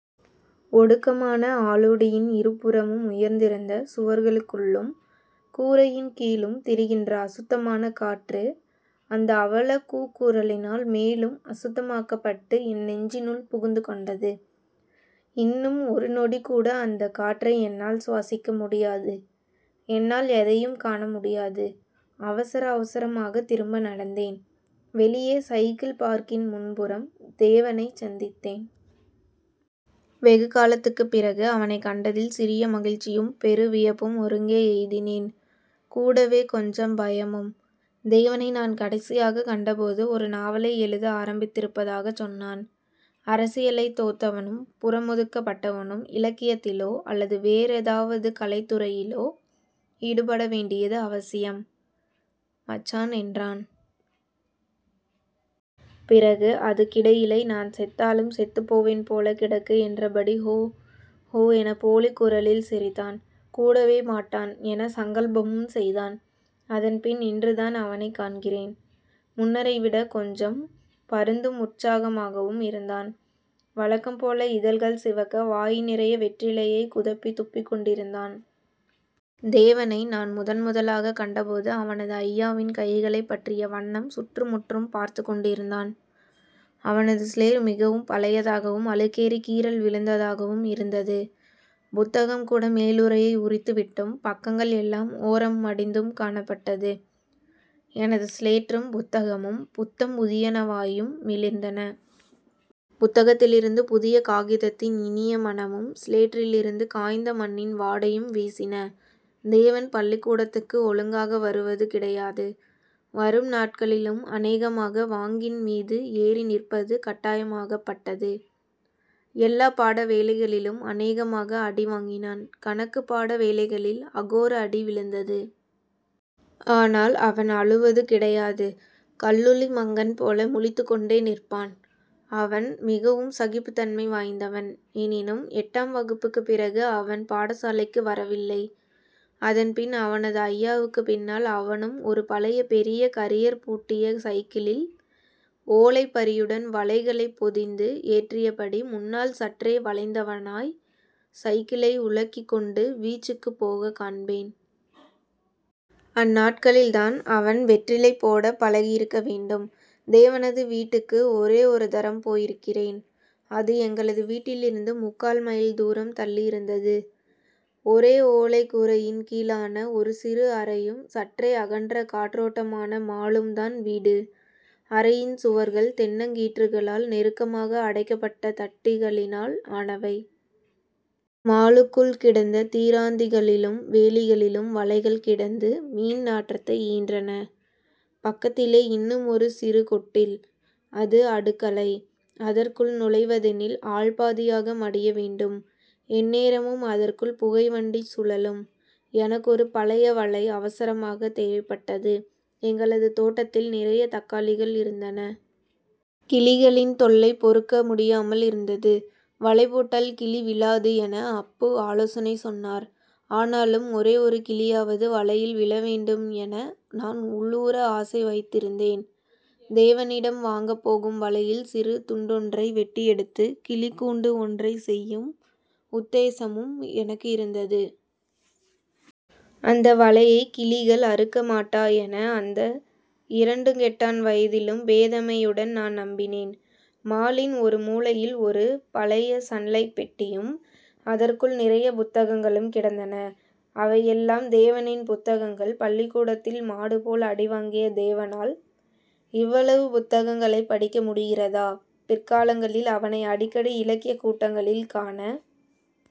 ஒடுக்கமான ஆளோடியின் இருபுறமும் உயர்ந்திருந்த சுவர்களுக்குள்ளும் கூரையின்கீழும் திரிகின்ற அசுத்தமான காற்று அந்த அவலக் கூக்குரலினால் மேலும் அசுத்தமாக்கப்பட்டு என் நெஞ்சினுள் புகுந்து கொண்டது. இன்னும் ஒரு நொடிகூட அந்தக்காற்றை என்னால் சுவாசிக்க முடியாது. என்னால் எதையும் காணமுடியாது. அவசர அவசரமாகத் திரும்ப நடந்தேன். வெளியே சைக்கிள் பார்க்கின் முன்புறம் தேவனைச் சந்தித்தேன். வெகுகாலத்துக்குப் பிறகு அவனைக் கண்டதில் சிறிய மகிழ்ச்சியும் பெருவியப்பும் ஒருங்கே எய்தினேன். கூடவே கொஞ்சம் பயமும். தேவனை நான் கடைசியாகக் கண்ட போது ஒரு நாவலை எழுத ஆரம்பித்திருப்பதாகச் சொன்னான். அரசியல்லை தோத்தவனும் புறமொதுக்கப் பட்டவனும் இலக்கியத்திலோ அல்லது வேறேதாவது கலைத்துறையிலோ ஈடுபடவேண்டியது அவசியம்.. மச்சான் என்றான். பிறகு அதுக்கிடையிலை நான் செத்தாலும் செத்துபோவன் போல கிடக்கு என்றபடி ஹோ... ஹோ என போலிக்குரலில் சிரித்தான். கூடவே மாட்டன்.. என சங்கல்பமும் செய்தான். அதன்பின் இன்று தான் அவனைக் காண்கிறேன். முன்னரைவிட கொஞ்சம் பருந்தும் உற்சாகமாகவும் இருந்தான். வழக்கம்போல இதழ்கள் சிவக்க வாய் நிறைய வெற்றிலையைக் குதப்பித் துப்பிக்கொண்டிருந்தான். தேவனை நான் முதன் முதலாகக் கண்டபோது அவனது அய்யாவின் கைகளைப் பற்றிய வண்ணம் சுற்றுமுற்றும் பார்த்துக் கொண்டிருந்தான். அவனது சிலேற் மிகவும் பழையதாகவும் அழுக்கேறிக் கீறல் விழுந்ததாகவும் இருந்தது. புத்தகம்கூட மேலுறையை உரித்து விட்டும் பக்கங்கள் எல்லாம் ஓரம்மடிந்தும் காணப்பட்டது. எனது சிலேற்றும் புத்தகமும் புத்தம் புதியனவாயும் மிளிர்ந்தன. புத்தகத்திலிருந்து புதிய காகிதத்தின் இனிய மணமும் சிலேற்றிலிருந்து காய்ந்த மண்ணின் வாடையும் வீசின. தேவன் பள்ளிக் கூடத்துக்கு ஒழுங்காக வருவது கிடையாது வரும் நாட்களிலும் அனேகமாக வாங்கின் மீது ஏறி நிற்பது கட்டாயமாகப் பட்டது. எல்லாப் பாட வேலைகளிலும் அநேகமாக அடி வாங்கினான். கணக்குப்பாட வேளைகளில் அகோர அடி விழுந்தது. ஆனால் அவன் அழுவது கிடையாது. கல்லுளி மங்கன் போல முழித்துக் கொண்டே நிற்பான். அவன் மிகவும் சகிப்புத் தன்மை வாய்ந்தவன். எனினும், எட்டாம் வகுப்புக்குப் பிறகு அவன் பாடசாலைக்கு வரவில்லை. அதன் பின் அவனது அய்யாவுக்குப் பின்னால் அவனும் ஒரு பழைய பெரிய கரியர் பூட்டிய சைக்கிளில் ஓலைப்பறியுடன் வலைகளைப் பொதிந்து ஏற்றியபடி முன்னால் சற்றே வளைந்தவனாய் சைக்கிளை உழக்கிக் கொண்டு வீச்சுக்குப் போகக் காண்பேன். அந்நாட்களில் தான் அவன் வெற்றிலை போடப பழகியிருக்க வேண்டும். தேவனது வீட்டுக்கு ஒரே ஒருதரம் போயிருக்கிறேன். அது எங்களது வீட்டிலிருந்து முக்கால் மைல் தூரம் தள்ளியிருந்தது. ஒரே ஓலைக் கூரையின் கீழான ஒரு சிறு அறையும் சற்றே அகன்ற காற்றோட்டமான மாலும் தான் வீடு. அறையின் சுவர்கள் தென்னங்கீற்றுகளால் நெருக்கமாக அடைக்கப்பட்ட தட்டிகளினால் ஆனவை. மாலுக்குள் கிடந்த தீராந்திகளிலும் வேலிகளிலும் வலைகள் கிடந்து மீன் நாற்றத்தை ஈன்றன. பக்கத்திலே இன்னுமொரு சிறு கொட்டில். அது அடுக்களை. அதற்குள் நுழைவதெனில் ஆள்பாதியாக மடியவேண்டும். எந்நேரமும் அதற்குள் புகை வண்டிச் சுழலும். எனக்கொரு பழையவலை அவசரமாகத் தேவைப்பட்டது. எங்களது தோட்டத்தில் நிறைய தக்காளிகள் இருந்தன. கிளிகளின் தொல்லை பொறுக்க முடியாமல் இருந்தது. வலைபோட்டால் கிளிவிழாது என அப்பு ஆலோசனை சொன்னார். ஆனாலும் ஒரே ஒரு கிளியாவது வலையில் விழவேண்டும் என நான் உள்ளூர ஆசை வைத்திருந்தேன். தேவனிடம் வாங்கப் போகும் வலையில் சிறு துண்டொன்றை வெட்டியெடுத்து 'கிளிக்கூண்டு ஒன்றை செய்யும் உத்தேசமும் எனக்கு இருந்தது. அந்த வலையை கிளிகள் அறுக்க மாட்டா என அந்த இரண்டுங்கெட்டான் வயதிலும் பேதமையுடன் நான் நம்பினேன். மாலின் ஒரு மூலையில் ஒரு பழைய சன்லைட் பெட்டியும் அதற்குள் நிறையப் புத்தகங்களும் கிடந்தன. அவை எல்லாம் தேவனின் புத்தகங்கள் பள்ளிக்கூடத்தில் மாடுபோல் அடிவாங்கிய தேவனால் இவ்வளவு புத்தகங்களைப் படிக்க முடிகிறதா? பிற்காலங்களில் அவனை அடிக்கடி இலக்கியக் கூட்டங்களில் காண